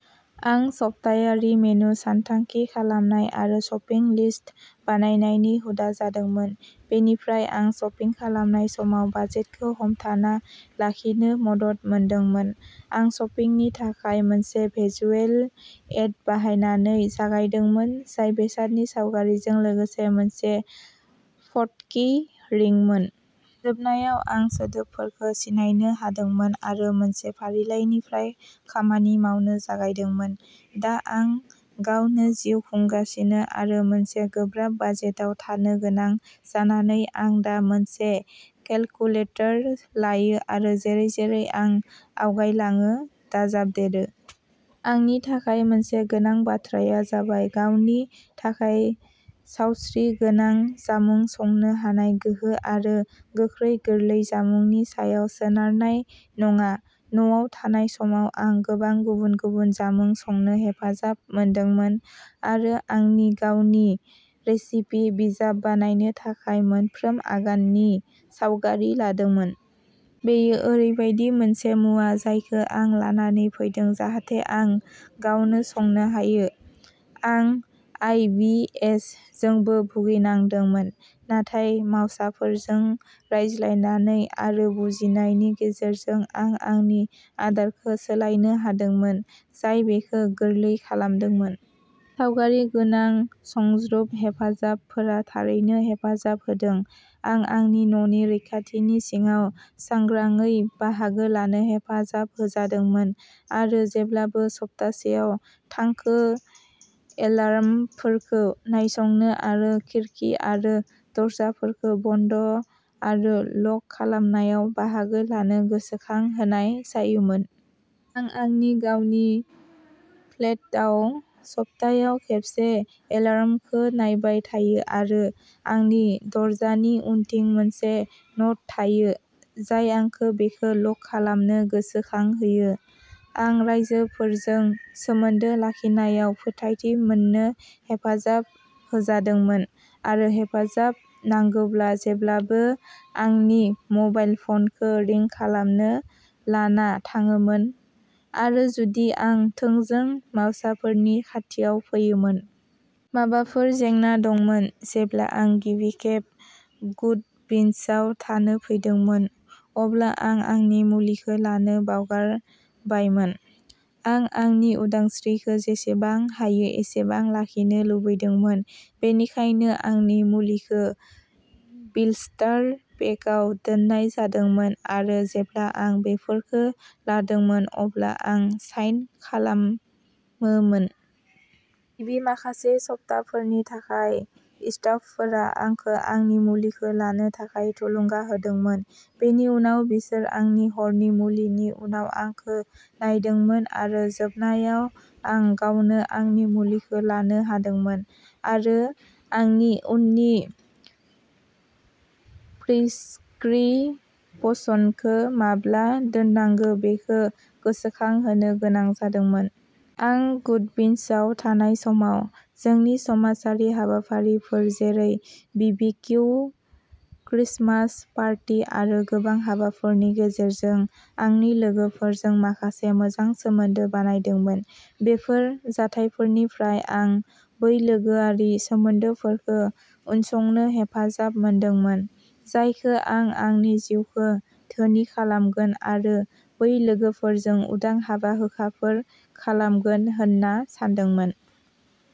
आं सप्तायारि मेनु सानथांखि खालामनाय आरो शपिं लिस्ट बानायनायनि हुदा जादोंमोन। बेनिफ्राय आं शपिं खालामनाय समाव बाजेटखौ हमथाना लाखिनो मदद मोनदोंमोन। आं शपिंनि थाखाय मोनसे भिजुएल एइड बाहायनानै जागायदोंमोन, जाय बेसादनि सावगारिजों लोगोसे मोनसे फट'की रिंमोन। जोबनायाव आं सोदोबफोरखौ सिनायनो हादोंमोन आरो मोनसे फारिलाइनिफ्राय खामानि मावनो जागायदोंमोन। दा आं गावनो जिउ खुंगासिनो आरो मोनसे गोब्राब बाजेटआव थानो गोनां जानानै आं दा मोनसे केलकुलेटर लायो आरो जेरै-जेरै आं आवगायलाङो, दाजाबदेरो। आंनि थाखाय मोनसे गोनां बाथ्राया जाबाय गावनि थाखाय सावस्रिगोनां जामुं संनो हानाय गोहो आरो गोख्रै गोरलै जामुंनि सायाव सोनारनाय नङा। न'आव थानाय समाव आं गोबां गुबुन-गुबुन जामुं संनो हेफाजाब मोनदोंमोन आरो आंनि गावनि रेसिपि बिजाब बानायनो थाखाय मोनफ्रोम आगाननि सावगारि लादोंमोन। बेयो ओरैबायदि मोनसे मुवा जायखौ आं लानानै फैदों जाहाथे आं गावनो संनो हायो। आं आइ. बि. एस. जोंबो भुगिनांदोंमोन, नाथाय मावसाफोरजों रायज्लायनानै आरो बुजिनायनि गेजेरजों आं आंनि आदारखौ सोलायनो हादोंमोन, जाय बेखौ गोरलै खालामदोंमोन। सावगारि गोनां सुंज्रोब हेफाजाबफोरा थारैनो हेफाजाब होदों। आं आंनि न'नि रैखाथिनि सिङाव सांग्राङै बाहागो लानो हेफाजाब होजादोंमोन आरो जेब्लाबो सप्तासेयाव थांखु एलार्मफोरखौ नायसंनो आरो खिरखि आरो दरजाफोरखौ बन्द आरो लक खालामनायाव बाहागो लानो गोसोखांहोनाय जायोमोन। आं आंनि गावनि फ्लेटआव सप्तायाव खेबसे एलार्मखौ नायबाय थायो आरो आंनि दरजानि उनथिं मोनसे न'ट थायो, जाय आंखौ बेखौ लक खालामनो गोसोखांहोयो। आं राइजोफोरजों सोमोन्दो लाखिनायाव फोथायथि मोननो हेफाजाब होजादोंमोन आरो हेफाजाब नांगौब्ला जेब्लाबो आंनि मबाइल फ'नखौ रिं खालामनो लाना थाङोमोन आरो जुदि आं थोंजों मावसाफोरनि खाथियाव फैयोमोन। माबाफोर जेंना दंमोन। जेब्ला आं गिबि खेब गुडविन्सआव थानो फैदोंमोन, अब्ला आं आंनि मुलिखौ लानो बावगारबायमोन। आं आंनि उदांस्रिखौ जेसेबां हायो एसेबां लाखिनो लुबैदोंमोन, बेनिखायनो आंनि मुलिखौ ब्लिस्टार पेकआव दोननाय जादोंमोन आरो जेब्ला आं बेफोरखौ लादोंमोन अब्ला आं साइन खालामोमोन। गिबि माखासे सप्ताफोरनि थाखाय स्टाफफोरा आंखौ आंनि मुलिखौ लानो थाखाय थुलुंगा होदोंमोन, बेनि उनाव बिसोर आंनि हरनि मुलिनि उनाव आंखौ नायदोंमोन आरो जोबनायाव आं गावनो आंनि मुलिखौ लानो हादोंमोन आरो आंनि उननि प्रिस्क्रिप्शनखौ माब्ला दोननांगौ बेखौ गोसोखांहोनो गोनां जादोंमोन। आं गुडविन्सआव थानाय समाव जोंनि समाजारि हाबाफारिफोर जेरै बिबिकिउ, क्रिसमास पार्टी आरो गोबां हाबाफोरनि गेजेरजों आंनि लोगोफोरजों माखासे मोजां सोमोन्दो बानायदोंमोन। बेफोर जाथायफोरनिफ्राय आं बै लोगोआरि सोमोन्दोफोरखौ उनसंनो हेफाजाब मोनदोंमोन, जायखौ आं आंनि जिउखौ धोनि खालामगोन आरो बै लोगोफोरजों उदां हाबा-हुखाफोर खालामगोन होन्ना सान्दोंमोन।